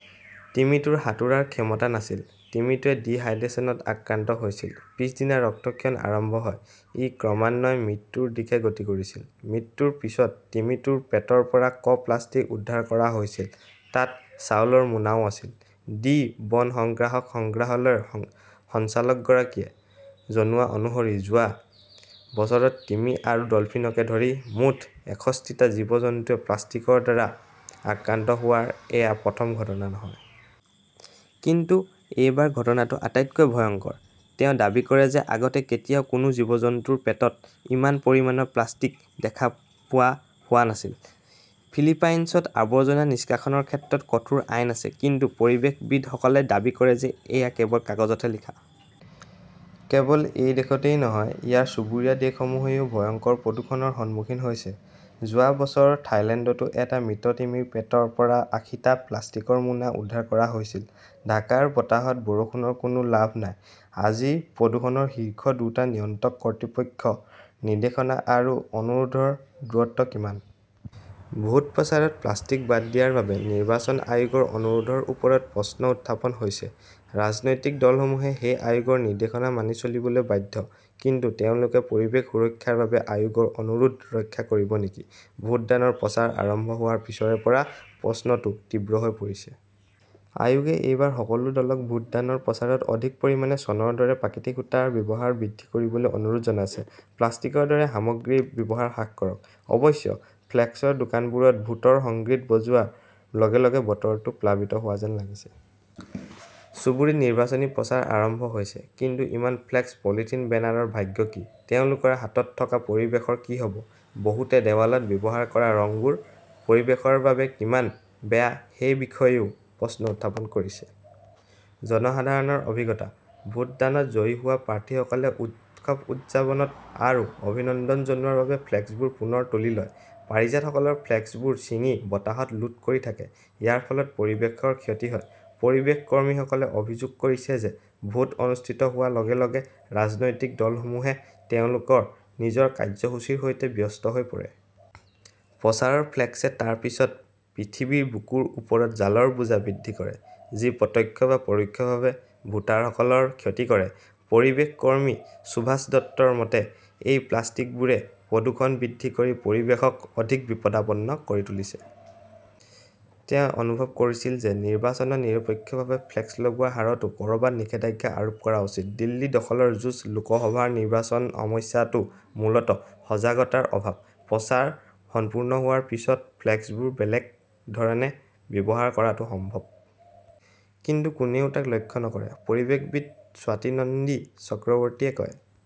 তিমিটোৰ সাঁতোৰাৰ ক্ষমতা নাছিল। তিমিটোৱে ডিহাইড্ৰেছনত আক্ৰান্ত হৈছিল। পিছদিনা ৰক্তক্ষৰণ আৰম্ভ হয়। ই ক্ৰমান্বয়ে মৃত্যুৰ দিশে গতি কৰিছিল। মৃত্যুৰ পিছত তিমিটোৰ পেটৰ পৰা ক প্লাষ্টিক উদ্ধাৰ কৰা হৈছিল। তাত চাউলৰ মোনাও আছিল। ডি বন সংগ্ৰাহক সংগ্ৰহালয়ৰ সঞ্চালকগৰাকীয়ে জনোৱা অনুসৰি যোৱা বছৰত তিমি আৰু ডলফিনকে ধৰি মুঠ এষষ্ঠী টা জীৱ-জন্তুৱে প্লাষ্টিকৰ দ্বাৰা আক্ৰান্ত হোৱাৰ এয়া প্ৰথম ঘটনা নহয়। কিন্তু এইবাৰ ঘটনাটো আটাইতকৈ ভয়ংকৰ। তেওঁ দাবী কৰে যে আগতে কেতিয়াও কোনো জীৱ-জন্তুৰ পেটত ইমান পৰিমাণৰ প্লাষ্টিক দেখা পোৱা হোৱা নাছিল। ফিলিপাইনছত আৱৰ্জনা নিষ্কাশনৰ ক্ষেত্ৰত কঠোৰ আইন আছে। কিন্তু পৰিৱেশবিদসকলে দাবী কৰে যে এয়া কেৱল কাগজত লিখা। কেৱল এই দেশতে নহয়, ইয়াৰ চুবুৰীয়া দেশসমূহেও ভয়ংকৰ প্ৰদূষণৰ সন্মুখীন হৈছে। যোৱা বছৰ থাইলেণ্ডতো এটা মৃত তিমিৰ পেটৰ পৰা আশীটা প্লাষ্টিকৰ মোনা উদ্ধাৰ কৰা হৈছিল। ঢাকাৰ বতাহত বৰষুণৰ কোনো লাভ নাই, আজি প্ৰদূষণৰ শীৰ্ষ দুটা নিয়ন্ত্ৰক কৰ্তৃপক্ষৰ 'নিৰ্দেশনা' আৰু 'অনুৰোধ' ৰ দূৰত্ব কিমান? ভোট প্ৰচাৰত প্লাষ্টিক বাদ দিয়াৰ বাবে নিৰ্বাচন আয়োগৰ অনুৰোধৰ ওপৰত প্ৰশ্ন উত্থাপন হৈছে। ৰাজনৈতিক দলসমূহে সেই আয়োগৰ নিৰ্দেশনা মানি চলিবলৈ বাধ্য। কিন্তু তেওঁলোকে পৰিৱেশ সুৰক্ষাৰ বাবে আয়োগৰ 'অনুৰোধ 'ৰক্ষা কৰিব নেকি? ভোটদানৰ প্ৰচাৰ আৰম্ভ হোৱাৰ পিছৰে পৰা প্ৰশ্নটো তীব্ৰ হৈ পৰিছে। আয়োগে এইবাৰ সকলো দলক ভোটদানৰ প্ৰচাৰত অধিক পৰিমাণে শণৰ দৰে প্ৰাকৃতিক সূতাৰ ব্যৱহাৰ বৃদ্ধি কৰিবলৈ অনুৰোধ জনাইছে। প্লাষ্টিকৰ দৰে সামগ্ৰীৰ ব্যৱহাৰ হ্ৰাস কৰক। অৱশ্যে, ফ্লেক্সৰ দোকানবোৰত ভোটৰ সংগীত বজোৱাৰ লগে লগে বতৰটো প্লাবিত হোৱা যেন লাগিছে। চুবুৰীত নিৰ্বাচনী প্ৰচাৰ আৰম্ভ হৈছে। কিন্তু ইমান ফ্লেক্স, পলিথিন বেনাৰৰ ভাগ্য কি? তেওঁলোকৰ হাতত থকা পৰিৱেশৰ কি হ 'ব? বহুতে দেৱালত ব্যৱহাৰ কৰা ৰংবোৰ পৰিৱেশৰ বাবে কিমান বেয়া সেই বিষয়েও প্ৰশ্ন উত্থাপন কৰিছে। জনসাধাৰণৰ অভিজ্ঞতা, ভোটদানত জয়ী হোৱা প্ৰাৰ্থীসকলে উৎসৱ উদযাপন আৰু অভিনন্দন জনোৱাৰ বাবে ফ্লেক্সবোৰ পুনৰ তুলি লয়। পৰাজিতসকলৰ ফ্লেক্সবোৰ ছিঙি বতাহত লুট কৰি থাকে। ইয়াৰ ফলত পৰিৱেশৰ ক্ষতি হয়। পৰিৱেশ কৰ্মীসকলে অভিযোগ কৰিছে যে ভোট অনুষ্ঠিত হোৱাৰ লগে লগে ৰাজনৈতিক দলসমূহে তেওঁলোকৰ নিজৰ কাৰ্যসূচীৰ সৈতে ব্যস্ত হৈ পৰে। প্ৰচাৰৰ ফ্লেক্সে তাৰ পিছত পৃথিৱীৰ বুকুৰ ওপৰত জালৰ বোজা বৃদ্ধি কৰে। যি প্ৰত্যক্ষ বা পৰোক্ষভাৱে ভোটাৰসকলক ক্ষতি কৰে। পৰিৱেশ কৰ্মী সুভাষ দত্তৰ মতে, এই প্লাষ্টিকবোৰে প্ৰদূষণ বৃদ্ধি কৰি পৰিৱেশক অধিক বিপদাপন্ন কৰি তুলিছে। তেওঁ অনুভৱ কৰিছিল যে নিৰ্বাচনত নিৰপেক্ষভাৱে ফ্লেক্স লগোৱাৰ হাৰতো কৰবাত নিষেধাজ্ঞা আৰোপ কৰা উচিত। দিল্লী দখলৰ যুঁজ, লোকসভা নিৰ্বাচন সমস্যাটো মূলতঃ সজাগতাৰ অভাৱ। প্ৰচাৰ সম্পূৰ্ণ হোৱাৰ পিছত ফ্লেক্সবোৰ বেলেগ ধৰণে ব্যৱহাৰ কৰাটো সম্ভৱ। কিন্তু কোনেও তাক লক্ষ্য নকৰে, পৰিৱেশবিদ স্বাতী নন্দী চক্ৰৱৰ্তীয়ে কয়।